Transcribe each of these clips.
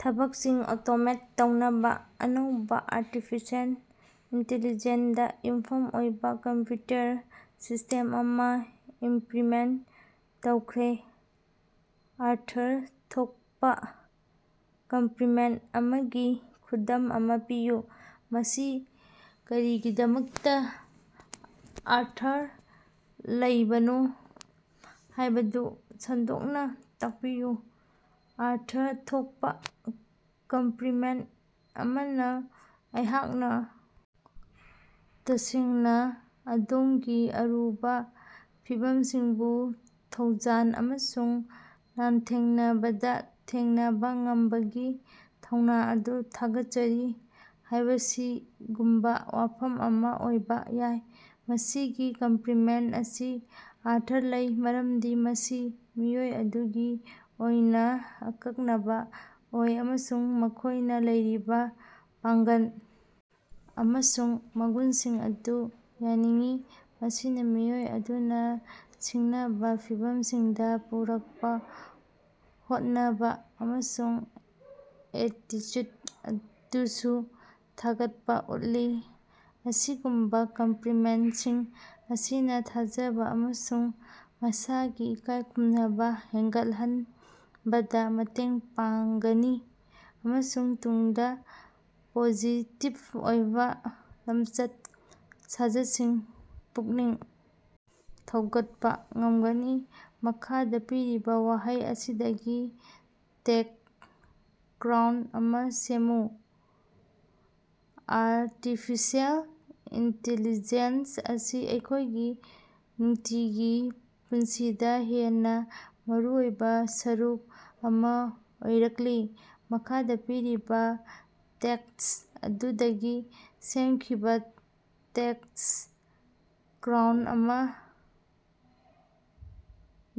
ꯊꯕꯛꯁꯤꯡ ꯑꯣꯇꯣꯃꯦꯠ ꯇꯧꯅꯕ ꯑꯅꯧꯕ ꯑꯥꯔꯇꯤꯐꯤꯁꯦꯜ ꯏꯟꯇꯤꯂꯤꯖꯦꯟꯠ ꯗ ꯌꯨꯝꯐꯝ ꯑꯣꯏꯕ ꯀꯝꯄ꯭ꯌꯨꯇꯔ ꯁꯤꯁꯇꯦꯝ ꯑꯃ ꯏꯝꯄ꯭ꯂꯤꯃꯦꯟꯠ ꯇꯧꯈ꯭ꯔꯦ꯫ ꯑꯔꯊ ꯊꯣꯛꯄ ꯀꯝꯄ꯭ꯂꯤꯃꯦꯟꯠ ꯑꯃꯒꯤ ꯈꯨꯗꯝ ꯑꯃ ꯄꯤꯌꯨ꯫ ꯃꯁꯤ ꯀꯔꯤꯒꯤꯗꯃꯛꯇ ꯑꯔꯊ ꯂꯩꯕꯅꯣ ꯍꯥꯏꯕꯗꯨ ꯁꯟꯗꯣꯛꯅ ꯇꯥꯛꯄꯤꯌꯨ꯫ ꯑꯔꯊ ꯊꯣꯛꯄ ꯀꯝꯄ꯭ꯂꯤꯃꯦꯟꯠ ꯑꯃꯅ "ꯑꯩꯍꯥꯛꯅ ꯇꯁꯦꯡꯅ ꯑꯗꯣꯝꯒꯤ ꯑꯔꯨꯕ ꯐꯤꯚꯝꯁꯤꯡꯕꯨ ꯊꯧꯖꯥꯜ ꯑꯃꯁꯨꯡ ꯂꯥꯟꯊꯦꯡꯅꯕꯗ ꯊꯦꯡꯅꯕ ꯉꯝꯕꯒꯤ ꯊꯧꯅꯥ ꯑꯗꯨ ꯊꯥꯒꯠꯆꯔꯤ" ꯍꯥꯏꯕꯁꯤꯒꯨꯝꯕ ꯋꯥꯐꯝ ꯑꯃ ꯑꯣꯏꯕ ꯌꯥꯏ꯫ ꯃꯁꯤꯒꯤ ꯀꯝꯄ꯭ꯂꯤꯃꯦꯟꯠ ꯑꯁꯤ ꯑꯔꯊ ꯂꯩ ꯃꯔꯝꯗꯤ ꯃꯁꯤ ꯃꯤꯑꯣꯏ ꯑꯗꯨꯒꯤ ꯑꯣꯏꯅ ꯑꯀꯛꯅꯕ ꯑꯣꯏ ꯑꯃꯁꯨꯡ ꯃꯈꯣꯏꯅ ꯂꯩꯔꯤꯕ ꯄꯥꯡꯒꯜ ꯑꯃꯁꯨꯡ ꯃꯒꯨꯟꯁꯤꯡ ꯑꯗꯨ ꯌꯥꯅꯤꯡꯏ꯫ ꯃꯁꯤꯅ ꯃꯤꯑꯣꯏ ꯑꯗꯨꯅ ꯁꯤꯡꯅꯕ ꯐꯤꯚꯝꯁꯤꯡꯗ ꯄꯨꯔꯛꯄ ꯍꯣꯠꯅꯕ ꯑꯃꯁꯨꯡ ꯑꯦꯇꯤꯆꯨꯗ ꯑꯗꯨꯁꯨ ꯊꯥꯒꯠꯄ ꯎꯠꯂꯤ꯫ ꯑꯁꯤꯒꯨꯝꯕ ꯀꯝꯄ꯭ꯂꯤꯃꯦꯟꯠꯁꯤꯡ ꯑꯁꯤꯅ ꯊꯥꯖꯕ ꯑꯃꯁꯨꯡ ꯃꯁꯥꯒꯤ ꯏꯀꯥꯏ ꯈꯨꯝꯅꯕ ꯍꯦꯟꯒꯠꯍꯟꯕꯗ ꯃꯇꯦꯡ ꯄꯥꯡꯒꯅꯤ ꯑꯃꯁꯨꯡ ꯇꯨꯡꯗ ꯄꯣꯖꯤꯇꯤꯕ ꯑꯣꯏꯕ ꯂꯝꯆꯠ-ꯁꯥꯖꯠꯁꯤꯡ ꯄꯨꯛꯅꯤꯡ ꯊꯧꯒꯠꯄ ꯉꯝꯒꯅꯤ꯫ ꯃꯈꯥꯗ ꯄꯤꯔꯤꯕ ꯋꯥꯍꯩ ꯑꯁꯤꯗꯒꯤ ꯇꯦꯒ ꯀ꯭ꯂꯥꯎꯗ ꯑꯃ ꯁꯦꯝꯃꯨ꯫ ꯑꯥꯔꯇꯤꯐꯤꯁꯤꯑꯦꯜ ꯏꯟꯇꯦꯂꯤꯖꯦꯟꯁ ꯑꯁꯤ ꯑꯩꯈꯣꯏꯒꯤ ꯅꯨꯡꯇꯤꯒꯤ ꯄꯨꯟꯁꯤꯗ ꯍꯦꯟꯅ ꯃꯔꯨꯑꯣꯏꯕ ꯁꯔꯨꯛ ꯑꯃ ꯑꯣꯏꯔꯛꯂꯤ꯫ ꯃꯈꯥꯗ ꯄꯤꯔꯤꯕ ꯇꯦꯛꯁ ꯑꯗꯨꯗꯒꯤ ꯁꯦꯝꯈꯤꯕ ꯇꯦꯒ ꯀ꯭ꯂꯥꯎꯗ ꯑꯃ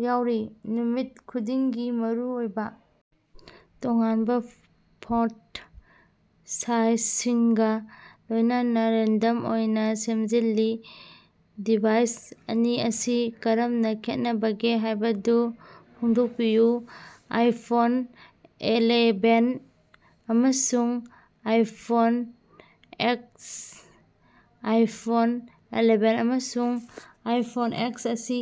ꯌꯥꯎꯔꯤ: ꯅꯨꯃꯤꯠ ꯈꯨꯗꯤꯡꯒꯤ ꯃꯔꯨꯑꯣꯏꯕ ꯇꯣꯉꯥꯟꯕ ꯐꯣꯟꯠ ꯁꯥꯏꯖꯁꯤꯡꯒ ꯂꯣꯏꯅꯅ ꯔꯦꯟꯗꯝ ꯑꯣꯏꯅ ꯁꯦꯝꯖꯤꯜꯂꯤ꯫ ꯗꯤꯚꯥꯏꯁ ꯑꯅꯤ ꯑꯁꯤ ꯀꯔꯝꯅ ꯈꯦꯠꯅꯕꯒꯦ ꯍꯥꯏꯕꯗꯨ ꯐꯣꯡꯗꯣꯛꯄꯤꯌꯨ꯫ ꯑꯥꯏꯐꯣꯟ ꯑꯦꯂꯦꯚꯦꯟ ꯑꯃꯁꯨꯡ ꯑꯥꯏꯐꯣꯟ ꯑꯦꯛꯁ ꯑꯥꯏꯐꯣꯟ ꯑꯦꯂꯦꯚꯦꯟ ꯑꯃꯁꯨꯡ ꯑꯥꯏꯐꯣꯟ ꯑꯦꯛꯁ ꯑꯁꯤ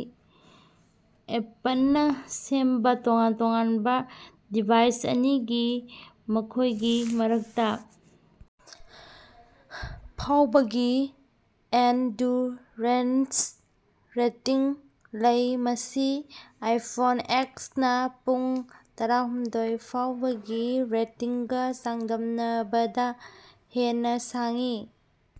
ꯑꯦꯄꯜꯅ ꯁꯦꯝꯕ ꯇꯣꯉꯥꯟ ꯇꯣꯉꯥꯟꯕ ꯗꯤꯚꯥꯏꯁ ꯑꯅꯤꯒꯤ, ꯃꯈꯣꯏꯒꯤ ꯃꯔꯛꯇ ꯐꯥꯎꯕꯒꯤ ꯑꯦꯟꯗꯨꯔꯦꯟꯁ ꯔꯦꯇꯤꯡ ꯂꯩ, ꯃꯁꯤ ꯑꯥꯏꯐꯣꯟ ꯑꯦꯛꯁꯅ ꯄꯨꯡ ꯇꯔꯥꯍꯨꯝꯗꯣꯏ ꯐꯥꯎꯕꯒꯤ ꯔꯦꯇꯤꯡꯒ ꯆꯥꯡꯗꯝꯅꯕꯗ ꯍꯦꯟꯅ ꯁꯥꯡꯏ꯫